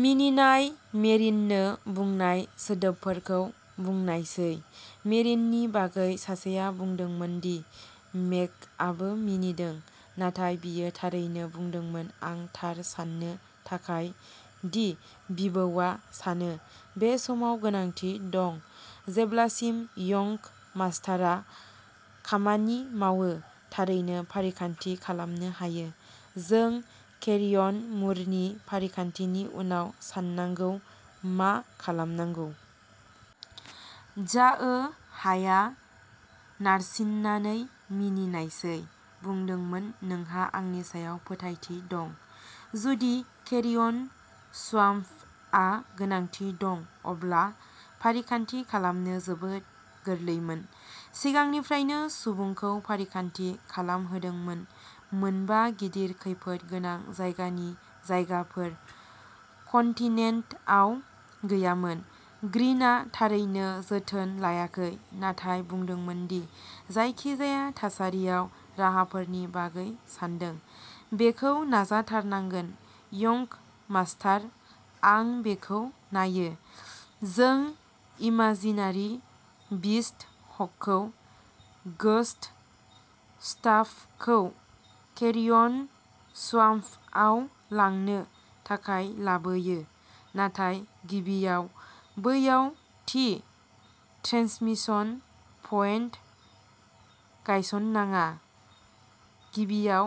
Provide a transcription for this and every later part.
मिनिनाय, मेरिननो बुंनाय सोदोबफोरखौ बुंनायसै, मेरिननि बागै सासेआ बुंदोंमोन दि मेगआबो मिनिदों, नाथाय बियो थारैनो बुंदोंमोन आं थार सान्नो थाखाय दि बिबौआ सानो, बे समाव गोनांथि दं, जेब्लासिम यंग मास्टारआ खामानि मावो, थारैनो फारिखान्थि खालामनो हायो, जों केरियन मुरनि फारिखान्थिनि उनाव साननांगौ, मा खालामनांगौ। झाओ हायआ नारसिननानै मिनिनायसै बुंदोंमोन नोंहा आंनि सायाव फोथायथि दं, जुदि केरियन स्वाम्पआ गोनांथि दं अब्ला फारिखान्थि खालामनो जोबोद गोरलैमोन, सिगांनिफ्रायनो सुबुंखौ फारिखान्थि खालामहोदोंमोन, मोनबा गिदिर खैफोद गोनां जायगानि जायगाफोर कन्टिनेन्टआव गैयामोन। ग्रिनआ थारैनो जोथोन लायाखै, नाथाय बुंदोंमोन दि जायखिजाया थासारियाव राहाफोरनि बागै सानदों, बेखौ नाजाथारनांगोन, यंग मास्टार, आं बेखौ नायो, जों इमाजिनारि बिस्ट हकखौ घोस्ट स्टाफखौ केरियन स्वाम्पआव लांनो थाखाय लाबोयो, नाथाय गिबियाव बैयाव थि ट्रेन्समिशन पइन्ट गायसन्नाङा, गिबियाव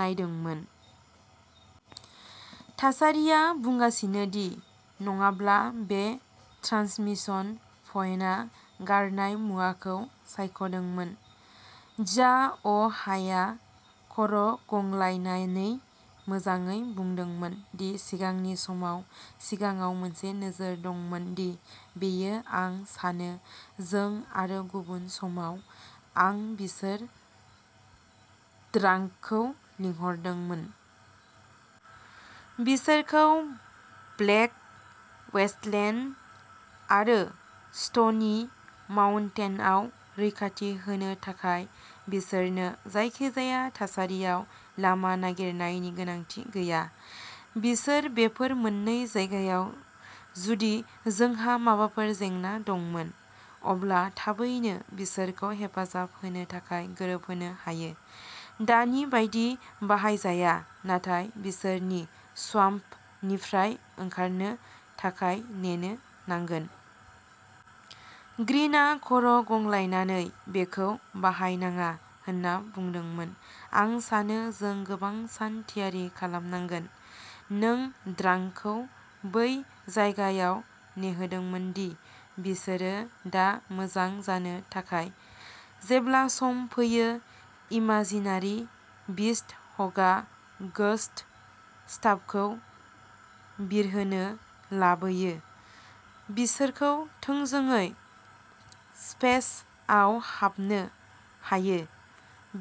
नायदोंमोन। थासारिया बुंगासिनो दि नङाब्ला बे ट्रान्समिसन पइन्टआ गारनाय मुवाखौ सायख'दोंमोन। झाअ'हायआ खर'गंग्लायनानै मोजाङै बुंदोंमोन, दि सिगांनि समाव सिगाङाव मोनसे नोजोर दंमोन दि बेयो, आं सानो जों आरो गुबुन समाव, आं बिसोर ड्रांकखौ लिंहरदोंमोन, बिसोरखौ ब्लेक वेस्टलेन्ड आरो स्ट'नि माउन्टेनआव रैखाथि होनो थाखाय, बिसोरनो जायखिजाया थासारियाव लामा नागिरनायनि गोनांथि गैया, बिसोर बेफोर मोननै जायगायाव, जुदि जोंहा माबाफोर जेंना दंमोन, अब्ला थाबैनो बिसोरखौ हेफाजाब होनो थाखाय गोरोबहोनो हायो, दानि बायदि बाहायजाया, नाथाय बिसोरनि स्वाम्पनिफ्राय ओंखारनो थाखाय नेनो नांगोन। ग्रीनआ खर'गंग्लायनानै बेखौ बाहायनाङा होनना बुंदोंमोन, आं सानो जों गोबां सान थियारि खालामनांगोन, नों ड्रांकखौ बै जायगायाव नेहोदोंमोन दि बिसोरो दा मोजां जानो थाखाय, जेब्ला सम फैयो इमाजिनारि बिस्ट हकआ घोस्ट स्टाफखौ बिरहोनो लाबोयो, बिसोरखौ थोंजोङै स्पेसआव हाबनो हायो,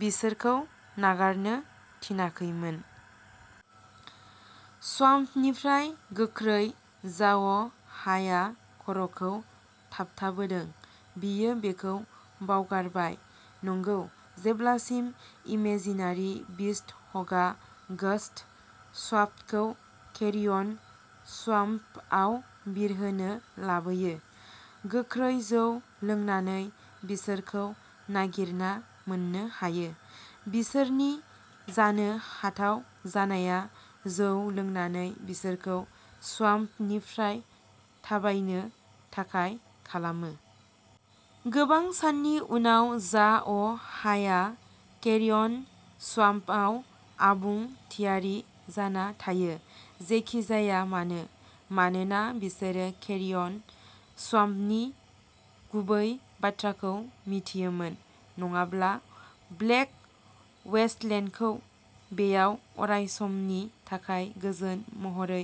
बिसोरखौ नागारनो थिनाखैमोन। स्वाम्पनिफ्राय गोख्रै झाअ'हायआ खर'खौ थाबथाबोदों, बियो बेखौ बावगारबाय, नंगौ, जेब्लासिम इमेजिनारि बिस्ट हकआ घोस्ट स्टाफखौ केरियन स्वाम्पआव बिरहोनो लाबोयो, गोख्रै जौ लोंनानै बिसोरखौ नागिरना मोन्नो हायो, बिसोरनि जानो हाथाव जानाया जौ लोंनानै बिसोरखौ स्वाम्पनिफ्राय थाबायनो थाखाय खालामो। गोबां साननि उनाव, झाअ'हायआ केरियन स्वाम्पआव आबुं थियारि जाना थायो, जेखि जाया मानो, मानोना बिसोरो केरियन स्वाम्पनि गुबै बाथ्राखौ मिथियोमोन, नङाब्ला ब्लेक वेस्टलेन्डखौ बेयाव अरायसमनि थाखाय गोजोन महरै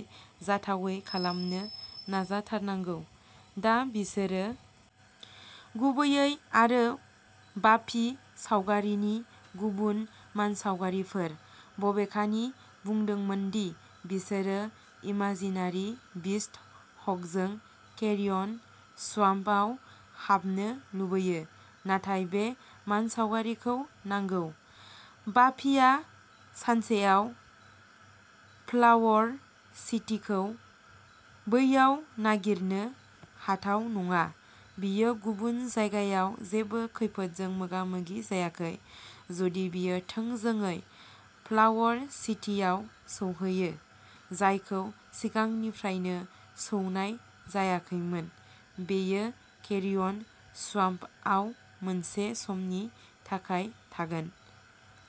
जाथावै खालामनो नाजाथारनांगौ। दा बिसोरो गुबैयै आरो बाफि सावगारिनि गुबुन मानसावगारिफोर, बबेखानि बुंदोंमोन दि बिसोरो इमाजिनारि बिस्ट हकजों केरियन स्वाम्पआव हाबनो लुबैयो, नाथाय बे मानसावगारिखौ नांगौ, बाफिआ सानसेआव फ्लावर सिटीखौ बैयाव नागिरनो हाथाव नङा, बियो गुबुन जायगायाव जेबो खैफोदजों मोगा-मोगि जायाखै, जुदि बियो थोंजोङै फ्लावर सिटीआव सौहैयो, जायखौ सिगांनिफ्रायनो सौनाय जायाखैमोन, बेयो केरियन स्वाम्पआव मोनसे समनि थाखाय थागोन।